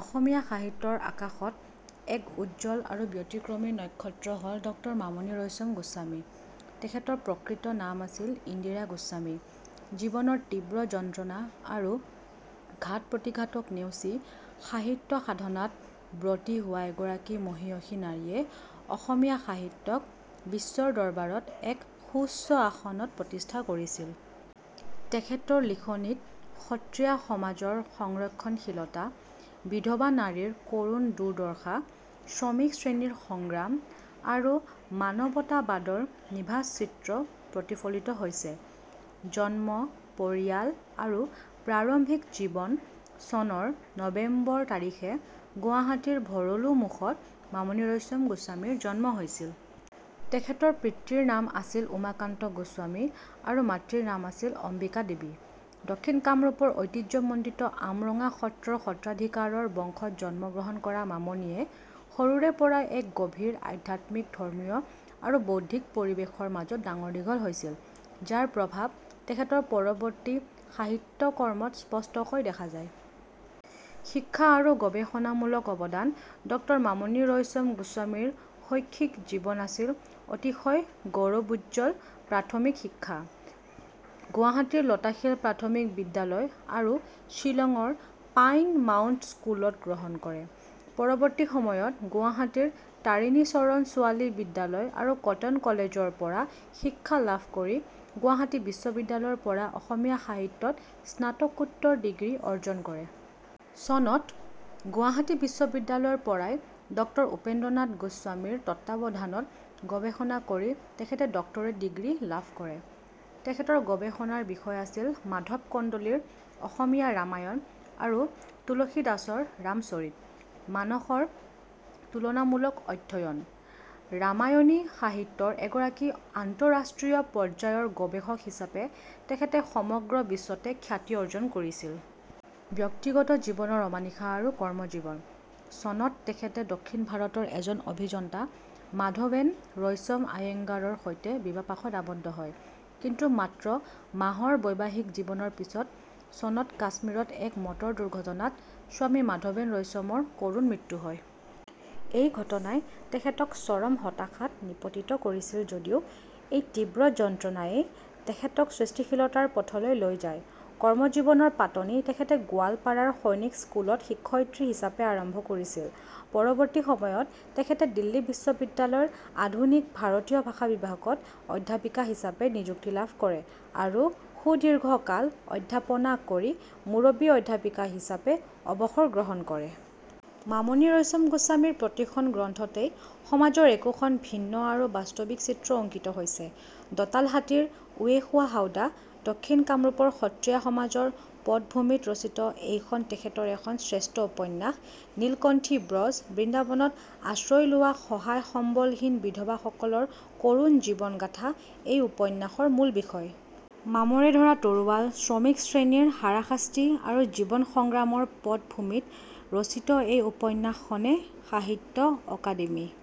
অসমীয়া সাহিত্যৰ আকাশত এক উজ্জ্বল আৰু ব্যতিক্ৰমী নক্ষত্ৰ হ'ল ড মামণি ৰয়চম গোস্বামী। তেখেতৰ প্ৰকৃত নাম আছিল ইন্দিৰা গোস্বামী। জীৱনৰ তীব্ৰ যন্ত্ৰণা আৰু ঘাট-প্ৰতিঘাতক নেওচি সাহিত্য সাধনাত ব্ৰতী হোৱা এইগৰাকী মহিয়সী নাৰীয়ে অসমীয়া সাহিত্যক বিশ্বৰ দৰবাৰত এক সুউচ্চ আসনত প্ৰতিষ্ঠা কৰিছিল। তেখেতৰ লিখনিত সত্ৰীয়া সমাজৰ সংৰক্ষণশীলতা, বিধৱা নাৰীৰ কৰুণ দুৰ্দশা, শ্ৰমিক শ্ৰেণীৰ সংগ্ৰাম আৰু মানৱতাবাদৰ নিভাঁজ চিত্ৰ প্ৰতিফলিত হৈছে। জন্ম, পৰিয়াল আৰু প্ৰাৰম্ভিক জীৱন: চনৰ নৱেম্বৰ তাৰিখে গুৱাহাটীৰ ভৰলুমুখত মামণি ৰয়চম গোস্বামীৰ জন্ম হৈছিল। তেখেতৰ পিতৃৰ নাম আছিল উমাকান্ত গোস্বামী আৰু মাতৃৰ নাম আছিল অম্বিকা দেৱী। দক্ষিণ কামৰূপৰ ঐতিহ্যমণ্ডিত আমৰঙা সত্ৰৰ সত্ৰাধিকাৰৰ বংশত জন্মগ্ৰহণ কৰা মামণিয়ে সৰুৰে পৰাই এক গভীৰ আধ্যাত্মিক, ধৰ্মীয় আৰু বৌদ্ধিক পৰিৱেশৰ মাজত ডাঙৰ-দীঘল হৈছিল, যাৰ প্ৰভাৱ তেখেতৰ পৰৱৰ্তী সাহিত্যকৰ্মত স্পষ্টকৈ দেখা যায়। শিক্ষা আৰু গৱেষণামূলক অৱদান: ড মামণি ৰয়চম গোস্বামীৰ শৈক্ষিক জীৱন আছিল অতিশয় গৌৰৱোজ্জ্বল: প্ৰাথমিক শিক্ষা গুৱাহাটীৰ লতাশিল প্ৰাথমিক বিদ্যালয় আৰু শ্বিলঙৰ পাইন মাউণ্ট স্কুলত গ্ৰহণ কৰে। পৰৱৰ্তী সময়ত গুৱাহাটীৰ তাৰিণী চৰণ ছোৱালী বিদ্যালয় আৰু কটন কলেজৰ পৰা শিক্ষা লাভ কৰি গুৱাহাটী বিশ্ববিদ্যালয়ৰ পৰা অসমীয়া সাহিত্যত স্নাতকোত্তৰ ডিগ্ৰী অৰ্জন কৰে। চনত গুৱাহাটী বিশ্ববিদ্যালয়ৰ পৰাই ড উপেন্দ্ৰনাথ গোস্বামীৰ তত্ত্বাৱধানত গৱেষণা কৰি তেখেতে ডক্টৰেট ডিগ্ৰী লাভ কৰে। তেখেতৰ গৱেষণাৰ বিষয় আছিল— 'মাধৱ কন্দলীৰ অসমীয়া ৰামায়ণ আৰু তুলসীদাসৰ ৰামচৰিত মানসৰ তুলনামূলক অধ্যয়ন'। ৰামায়ণী সাহিত্যৰ এগৰাকী আন্তঃৰাষ্ট্ৰীয় পৰ্যায়ৰ গৱেষক হিচাপে তেখেতে সমগ্ৰ বিশ্বতে খ্যাতি অৰ্জন কৰিছিল। ব্যক্তিগত জীৱনৰ অমানিশা আৰু কৰ্মজীৱন: চনত তেখেতে দক্ষিণ ভাৰতৰ এজন অভিযন্তা মাধৱেন ৰয়চম আয়েংগাৰৰ সৈতে বিবাহপাশত আৱদ্ধ হয়। কিন্তু মাত্ৰ মাহৰ বৈবাহিক জীৱনৰ পিছত চনত কাশ্মীৰত এক মটৰ দুৰ্ঘটনাত স্বামী মাধৱেন ৰয়চমৰ কৰুণ মৃত্যু হয়। এই ঘটনাই তেখেতক চৰম হতাশাত নিপতিত কৰিছিল যদিও, এই তীব্ৰ যন্ত্ৰণায়েই তেখেতক সৃষ্টিশীলতাৰ পথলৈ লৈ যায়। কৰ্মজীৱনৰ পাতনি তেখেতে গোৱালপাৰাৰ সৈনিক স্কুলত শিক্ষয়িত্ৰী হিচাপে আৰম্ভ কৰিছিল। পৰৱৰ্তী সময়ত তেখেতে দিল্লী বিশ্ববিদ্যালয়ৰ আধুনিক ভাৰতীয় ভাষা বিভাগত অধ্যাপিকা হিচাপে নিযুক্তি লাভ কৰে আৰু সুদীৰ্ঘ কাল অধ্যাপনা কৰি মুৰব্বী অধ্যাপিকা হিচাপে অৱসৰ গ্ৰহণ কৰে। মামণি ৰয়চম গোস্বামীৰ প্ৰতিখন গ্ৰন্থতেই সমাজৰ একোখন ভিন্ন আৰু বাস্তৱিক চিত্ৰ অংকিত হৈছে: 'দঁতাল হাতীৰ উঁয়ে খোৱা হাওদা': দক্ষিণ কামৰূপৰ সত্ৰীয়া সমাজৰ পটভূমিত ৰচিত এইখন তেখেতৰ এখন শ্ৰেষ্ঠ উপন্যাস। 'নীলকণ্ঠী ব্ৰজ': বৃন্দাবনত আশ্ৰয় লোৱা সহায়-সম্বলহীন বিধৱাসকলৰ কৰুণ জীৱনগাথা এই উপন্যাসৰ মূল বিষয়। 'মামৰে ধৰা তৰোৱাল': শ্ৰমিক শ্ৰেণীৰ হাৰাশাস্তি আৰু জীৱন সংগ্ৰামৰ পটভূমিত ৰচিত এই উপন্যাসখনে সাহিত্য অকাডেমি